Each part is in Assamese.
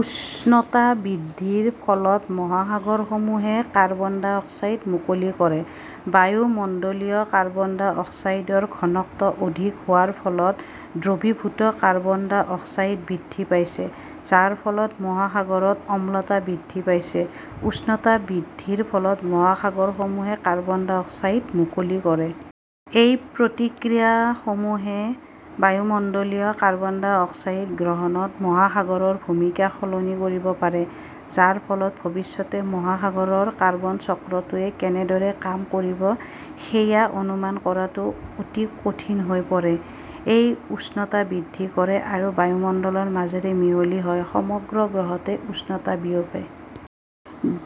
উষ্ণতা বৃদ্ধিৰ ফলত মহাসাগৰসমূহে কাৰ্বন ডাই অক্সাইড মুকলি কৰে। বায়ুমণ্ডলীয় কাৰ্বন ডাই অক্সাইডৰ ঘনত্ব অধিক হোৱাৰ ফলত দ্ৰবীভূত কাৰ্বন ডাই অক্সাইড বৃদ্ধি পাইছে, যাৰ ফলত মহাসাগৰত অম্লতা বৃদ্ধি পাইছে। উষ্ণতা বৃদ্ধিৰ ফলত মহাসাগৰসমূহে কাৰ্বন ডাই অক্সাইড মুকলি কৰে। এই প্ৰতিক্ৰিয়াসমূহে বায়ুমণ্ডলীয় কাৰ্বন ডাই অক্সাইড গ্ৰহণত মহাসাগৰৰ ভূমিকা সলনি কৰিব পাৰে যাৰ ফলত ভৱিষ্যতে মহাসাগৰৰ কাৰ্বন চক্ৰটোৱে কেনেদৰে কাম কৰিব সেয়া অনুমান কৰাটো অতি কঠিন হৈ পৰে। -এ উষ্ণতা বৃদ্ধি কৰে আৰু বায়ুমণ্ডলৰ মাজেৰে মিহলি হয়, সমগ্ৰ গ্ৰহতে উষ্ণতা বিয়পে।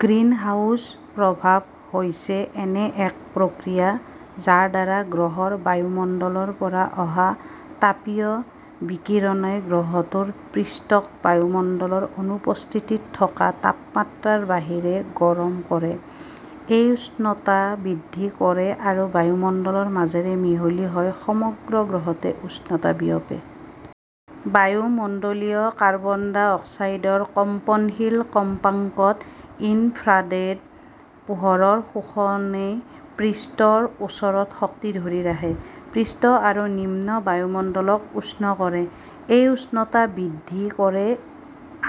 গ্ৰীণহাউছ প্ৰভাৱ হৈছে এনে এক প্ৰক্ৰিয়া যাৰ দ্বাৰা গ্ৰহৰ বায়ুমণ্ডলৰ পৰা অহা তাপীয় বিকিৰণই গ্ৰহটোৰ পৃষ্ঠক বায়ুমণ্ডলৰ অনুপস্থিতিত থকা তাপমাত্ৰাৰ বাহিৰে গৰম কৰে। -এ উষ্ণতা বৃদ্ধি কৰে আৰু বায়ুমণ্ডলৰ মাজেৰে মিহলি হয়, সমগ্ৰ গ্ৰহতে উষ্ণতা বিয়পে। বায়ুমণ্ডলীয় কাৰ্বন ডাই অক্সাইডৰ কম্পনশীল কম্পাঙ্কত ইনফ্ৰাৰেড পোহৰৰ শোষণই পৃষ্ঠৰ ওচৰত শক্তি ধৰি ৰাখে, পৃষ্ঠ আৰু নিম্ন বায়ুমণ্ডলক উষ্ণ কৰে। -এ উষ্ণতা বৃদ্ধি কৰে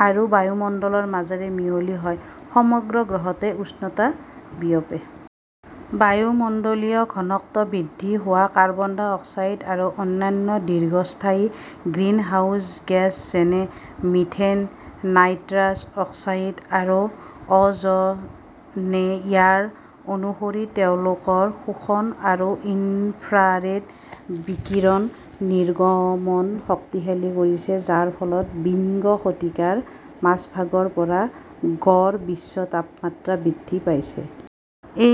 আৰু বায়ুমণ্ডলৰ মাজেৰে মিহলি হয়, সমগ্ৰ গ্ৰহতে উষ্ণতা বিয়পে। বায়ুমণ্ডলীয় ঘনত্ব বৃদ্ধি হোৱা কাৰ্বন ডাই অক্সাইড আৰু অন্যান্য দীৰ্ঘস্থায়ী গ্ৰীণহাউচ গেছ যেনে মিথেন, নাইট্ৰাছ অক্সাইড আৰু অ 'জ' নে ইয়াৰ অনুসৰি তেওঁলোকৰ শোষণ আৰু ইনফ্ৰাৰেড বিকিৰণ নিৰ্গমন শক্তিশালী কৰিছে, যাৰ ফলত বিংশ শতিকাৰ মাজভাগৰ পৰা গড় বিশ্ব তাপমাত্ৰা বৃদ্ধি পাইছে। -এ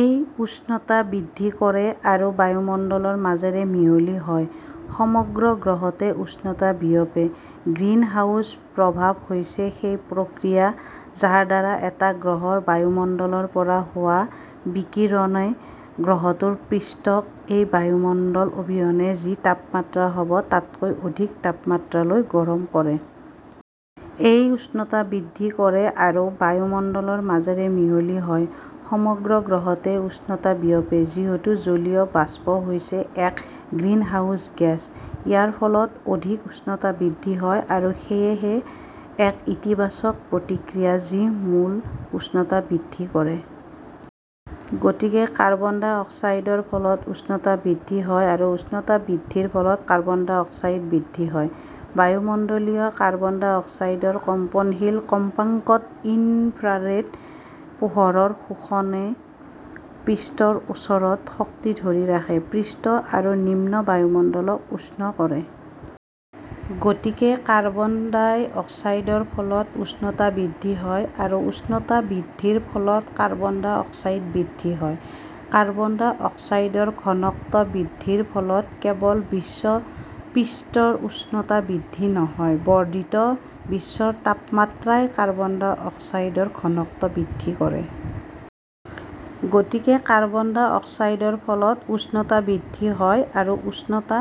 উষ্ণতা বৃদ্ধি কৰে আৰু বায়ুমণ্ডলৰ মাজেৰে মিহলি হয়, সমগ্ৰ গ্ৰহতে উষ্ণতা বিয়পে। গ্ৰীণহাউছ প্ৰভাৱ হৈছে সেই প্ৰক্ৰিয়া যাৰ দ্বাৰা এটা গ্ৰহৰ বায়ুমণ্ডলৰ পৰা হোৱা বিকিৰণই গ্ৰহটোৰ পৃষ্ঠক এই বায়ুমণ্ডল অবিহনে যি তাপমাত্ৰা হ 'ব তাতকৈ অধিক তাপমাত্ৰালৈ গৰম কৰে। -এ উষ্ণতা বৃদ্ধি কৰে আৰু বায়ুমণ্ডলৰ মাজেৰে মিহলি হয়, সমগ্ৰ গ্ৰহতে উষ্ণতা বিয়পে। যিহেতু জলীয় বাষ্প হৈছে এক গ্ৰীণহাউচ গেছ, ইয়াৰ ফলত অধিক উষ্ণতা বৃদ্ধি হয় আৰু সেয়েহে এক "ইতিবাচক প্ৰতিক্ৰিয়া" যি মূল উষ্ণতা বৃদ্ধি কৰে। গতিকে কাৰ্বন ডাই অক্সাইডৰ ফলত উষ্ণতা বৃদ্ধি হয় আৰু উষ্ণতা বৃদ্ধিৰ ফলত কাৰ্বন ডাই অক্সাইড বৃদ্ধি হয়। বায়ুমণ্ডলীয় কাৰ্বন ডাই অক্সাইডৰ কম্পনশীল কম্পাঙ্কত ইনফ্ৰাৰেড পোহৰৰ শোষণই পৃষ্ঠৰ ওচৰত শক্তি ধৰি ৰাখে, পৃষ্ঠ আৰু নিম্ন বায়ুমণ্ডলক উষ্ণ কৰে। গতিকে কাৰ্বন ডাই অক্সাইডৰ ফলত উষ্ণতা বৃদ্ধি হয় আৰু উষ্ণতা বৃদ্ধিৰ ফলত কাৰ্বন ডাই অক্সাইড বৃদ্ধি হয়। কাৰ্বন ডাই অক্সাইডৰ ঘনত্ব বৃদ্ধিৰ ফলত কেৱল বিশ্ব পৃষ্ঠৰ উষ্ণতা বৃদ্ধি নহয়, বৰ্ধিত বিশ্বৰ তাপমাত্ৰাই কাৰ্বন ডাই অক্সাইডৰ ঘনত্ব বৃদ্ধি কৰে। গতিকে কাৰ্বন ডাই অক্সাইডৰ ফলত উষ্ণতা বৃদ্ধি হয় আৰু উষ্ণতা